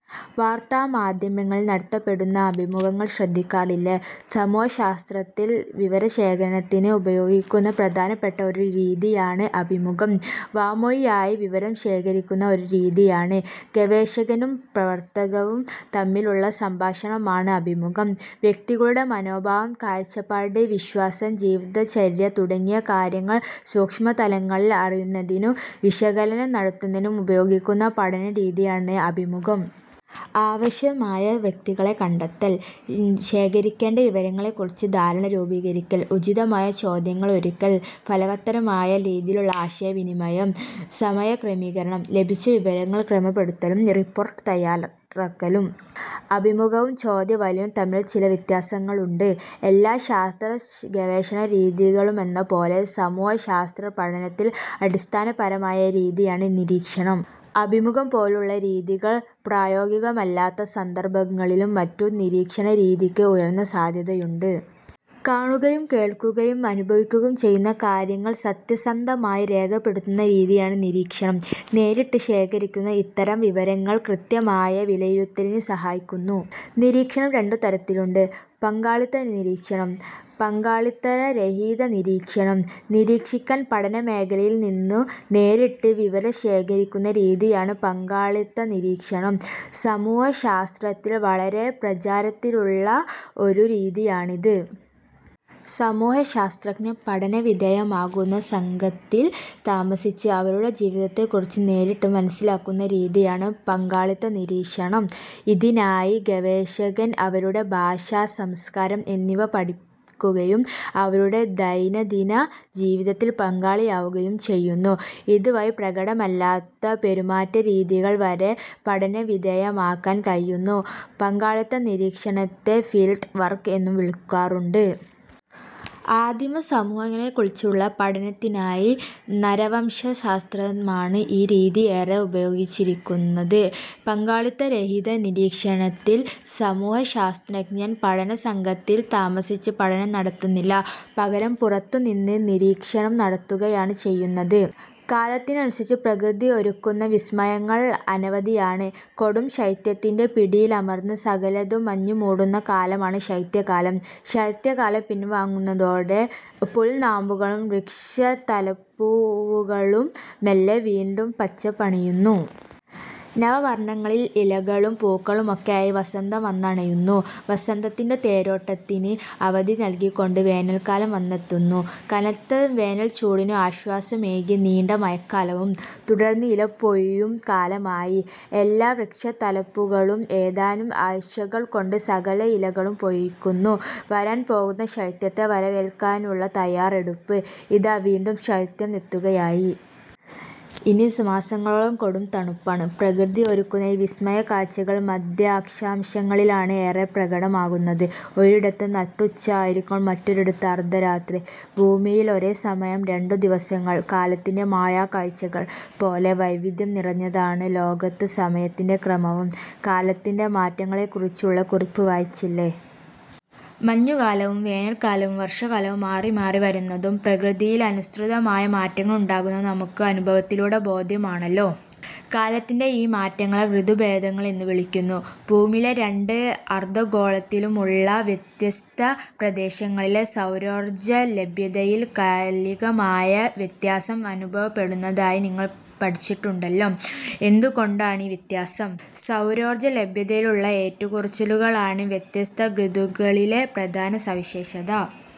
വാർത്താമാധ്യമങ്ങളിൽ നടത്തപ്പെടുന്ന അഭിമുഖങ്ങൾ ശ്രദ്ധിക്കാറില്ലേ. സമൂഹശാസ്ത്രത്തിൽ വിവരശേഖരണത്തിന് ഉപയോഗിക്കുന്ന പ്രധാനപ്പെട്ട ഒരു രീതിയാണ് അഭിമുഖം. വാമൊഴിയായി വിവരം ശേഖരിക്കുന്ന ഒരു രീതിയാണിത്. ഗവേഷകനും പ്രതികർത്താവും തമ്മിലുള്ള സംഭാഷണമാണ് അഭിമുഖം. വ്യക്തികളുടെ മനോഭാവം, കാഴ്ചപ്പാട്, വിശ്വാസം, ജീവിതചര്യ തുടങ്ങിയ കാര്യങ്ങൾ സൂക്ഷ്മതലങ്ങളിൽ അറിയുന്നതിനും വിശകലനം നടത്തുന്നതിനും ഉപയോഗിക്കുന്ന പഠനരീതിയാണ് അഭിമുഖം. ആവശ്യമായ വ്യക്തികളെ കണ്ടെത്തൽ. ശേഖരിക്കേണ്ട വിവരങ്ങളെക്കുറിച്ചു ധാരണ രൂപീകരിക്കൽ. ഉചിതമായ ചോദ്യങ്ങൾ ഒരുക്കൽ. ഫലവത്തായ രീതിയിലുള്ള ആശയവിനിമയം. സമയക്രമീകരണം. ലഭിച്ച വിവരങ്ങൾ ക്രമപ്പെടുത്തലും റിപ്പോർട്ട് തയാറാക്കലും. അഭിമുഖവും ചോദ്യാവലിയും തമ്മിൽ ചില വ്യത്യാസങ്ങളുണ്ട്. എല്ലാ ശാസ്ത്രഗവേഷണ രീതികളിലുമെന്നപോലെ സമൂഹശാസ്ത്ര പഠനത്തിലെ അടിസ്ഥാനപരമായ രീതിയാണ് നിരീക്ഷണം. അഭിമുഖം പോലുള്ള രീതികൾ പ്രായോഗികമല്ലാത്ത സന്ദർഭങ്ങളിലും മറ്റും നിരീക്ഷണരീതിക്ക് ഉയർന്ന സാധ്യതയുണ്ട്. കാണുകയും കേൾക്കുകയും അനുഭവിക്കുകയും ചെയ്യുന്ന കാര്യങ്ങൾ സത്യസന്ധമായി രേഖപ്പെടുത്തുന്ന രീതിയാണ് നിരീക്ഷണം. നേരിട്ട് ശേഖരിക്കുന്ന ഇത്തരം വിവരങ്ങൾ കൃത്യമായ വിലയിരുത്തലിന് സഹായിക്കുന്നു. നിരീക്ഷണം രണ്ടു തരത്തിലുണ്ട്.. പങ്കാളിത്ത നിരീക്ഷണം. പങ്കാളിത്തരഹിതനിരീക്ഷണം നിരീക്ഷകൻ പഠനമേഖലയിൽനിന്നു നേരിട്ട് വിവരം ശേഖരിക്കുന്ന രീതിയാണ് പങ്കാളിത്തനിരീക്ഷണം. സമൂഹശാസ്ത്രത്തിൽ വളരെ പ്രചാരത്തിലുള്ള ഒരു രീതിയാണിത്. സമൂഹശാസ്ത്രജ്ഞൻ പഠനവിധേയമാക്കുന്ന സംഘത്തിൽ താമസിച്ച് അവരുടെ ജീവിതത്തെക്കുറിച്ച് നേരിട്ട് മനസ്സിലാക്കുന്ന രീതിയാണ് പങ്കാളിത്തനിരീക്ഷണം. ഇതിനായി ഗവേഷകൻ അവരുടെ ഭാഷ, സംസ്കാരം എന്നിവ പഠിക്കുകയും അവരുടെ ദൈനംദിന ജീവിതത്തിൽ പങ്കാളിയാവുകയും ചെയ്യുന്നു. ഇതുവഴി പ്രകടമല്ലാത്ത പെരുമാറ്റരീതികൾ വരെ പഠനവിധേയമാക്കാൻ കഴിയുന്നു. പങ്കാളിത്തനിരീക്ഷണത്തെ ഫീൽഡ് വർക്ക് എന്നും വിളിക്കാറുണ്ട്. ആദിമ സമൂഹങ്ങളെക്കുറിച്ചുള്ള പഠനത്തിനായി നരവംശശാസ്ത്രമാണ് ഈ രീതി ഏറെ ഉപയോഗിച്ചിരുന്നത്. പങ്കാളിത്തരഹിത നിരീക്ഷണത്തിൽ സമൂഹശാസ്ത്രജ്ഞൻ പഠനസംഘത്തിൽ താമസിച്ച് പഠനം നടത്തുന്നില്ല. പകരം പുറത്തുനിന്ന് നിരീക്ഷണം നടത്തുകയാണ് ചെയ്യുന്നത്. കാലത്തിനനുസരിച്ച് പ്രകൃതി ഒരുക്കുന്ന വിസ്മയങ്ങൾ അനവധിയാണ്. കൊടും ശൈത്യത്തിന്റെ പിടിയിലമർന്ന് സകലതും മഞ്ഞുമൂടുന്ന കാലമാണ് ശൈത്യകാലം, ശൈത്യകാലം പിൻവാങ്ങുന്നതോടെ പുൽനാമ്പുകളും വൃക്ഷത്തലപ്പുകളുമെല്ലാം മെല്ലെ വീണ്ടും പച്ചപ്പണിയുന്നു. നാനാവർണങ്ങളിൽ ഇലകളും പൂക്കളുമൊക്കെയായി വസന്തം വന്നണയുന്നു. വസന്തത്തിന്റെ തേരോട്ടത്തിന് അവധി നൽകിക്കൊണ്ട് വേനൽക്കാലം വന്നെത്തുന്നു. കനത്ത വേനൽചൂടിന് ആശ്വാസമേകി നീണ്ട മഴക്കാലവും. തുടർന്ന് ഇലപൊഴിയും കാലമായി. എല്ലാ വൃക്ഷത്തലപ്പുകളും ഏതാനും ആഴ്ചകൾ കൊണ്ട് സകല ഇലകളും പൊഴിക്കുന്നു; വരാൻ പോകുന്ന ശൈത്യത്തെ വരവേൽക്കാനുള്ള തയാറെടുപ്പ്. അതാ വീണ്ടും ശൈത്യം എത്തുകയായി. ഇനി മാസങ്ങളോളം കൊടും തണുപ്പാണ്. പ്രകൃതി ഒരുക്കുന്ന ഈ വിസ്മയക്കാഴ്ചകൾ മധ്യ അക്ഷാംശങ്ങളിലാണ് ഏറെ പ്രകടമാകുന്നത്. ഒരിടത്ത് നട്ടുച്ച ആയിരിക്കുമ്പോൾ മറ്റൊരിടത്ത് അർധരാത്രി. ഭൂമിയിൽ ഒരേസമയം രണ്ടു ദിവസങ്ങൾ കാലത്തിന്റെ മായക്കാഴ്ചകൾ പോലെ വൈവിധ്യം നിറഞ്ഞതാണ് ലോകത്ത് സമയത്തിന്റെ ക്രമവും. കാലത്തിന്റെ മാറ്റങ്ങളെക്കുറിച്ചുള്ള കുറിപ്പ് വായിച്ചില്ലേ. മഞ്ഞുകാലവും വേനൽക്കാലവും വർഷകാലവും മാറിമാറി വരുന്നതും പ്രകൃതിയിൽ അതിനനുസൃതമായ മാറ്റങ്ങളുണ്ടാകുന്നതും നമുക്ക് അനുഭവത്തിലൂടെ ബോധ്യമാണല്ലോ. കാലത്തിന്റെ ഈ മാറ്റങ്ങളെ ഋതുഭേദങ്ങൾ എന്നു വിളിക്കുന്നു. ഭൂമിയിലെ രണ്ട് അർധഗോളങ്ങളിലുമുള്ള വ്യത്യസ്ത പ്രദേശങ്ങളിലെ സൗരോർജ ലഭ്യതയിൽ കാലികമായ വ്യത്യാസം അനുഭവപ്പെടുന്നതായി നിങ്ങൾ പഠിച്ചിട്ടുണ്ടല്ലോ. എന്തുകൊണ്ടാണീ വ്യത്യാസം? സൗരോർജലഭ്യതയിലുള്ള ഏറ്റക്കുറച്ചിലുകളാണ് വ്യത്യസ്ത ഋതുക്കളിലെ പ്രധാന സവിശേഷത.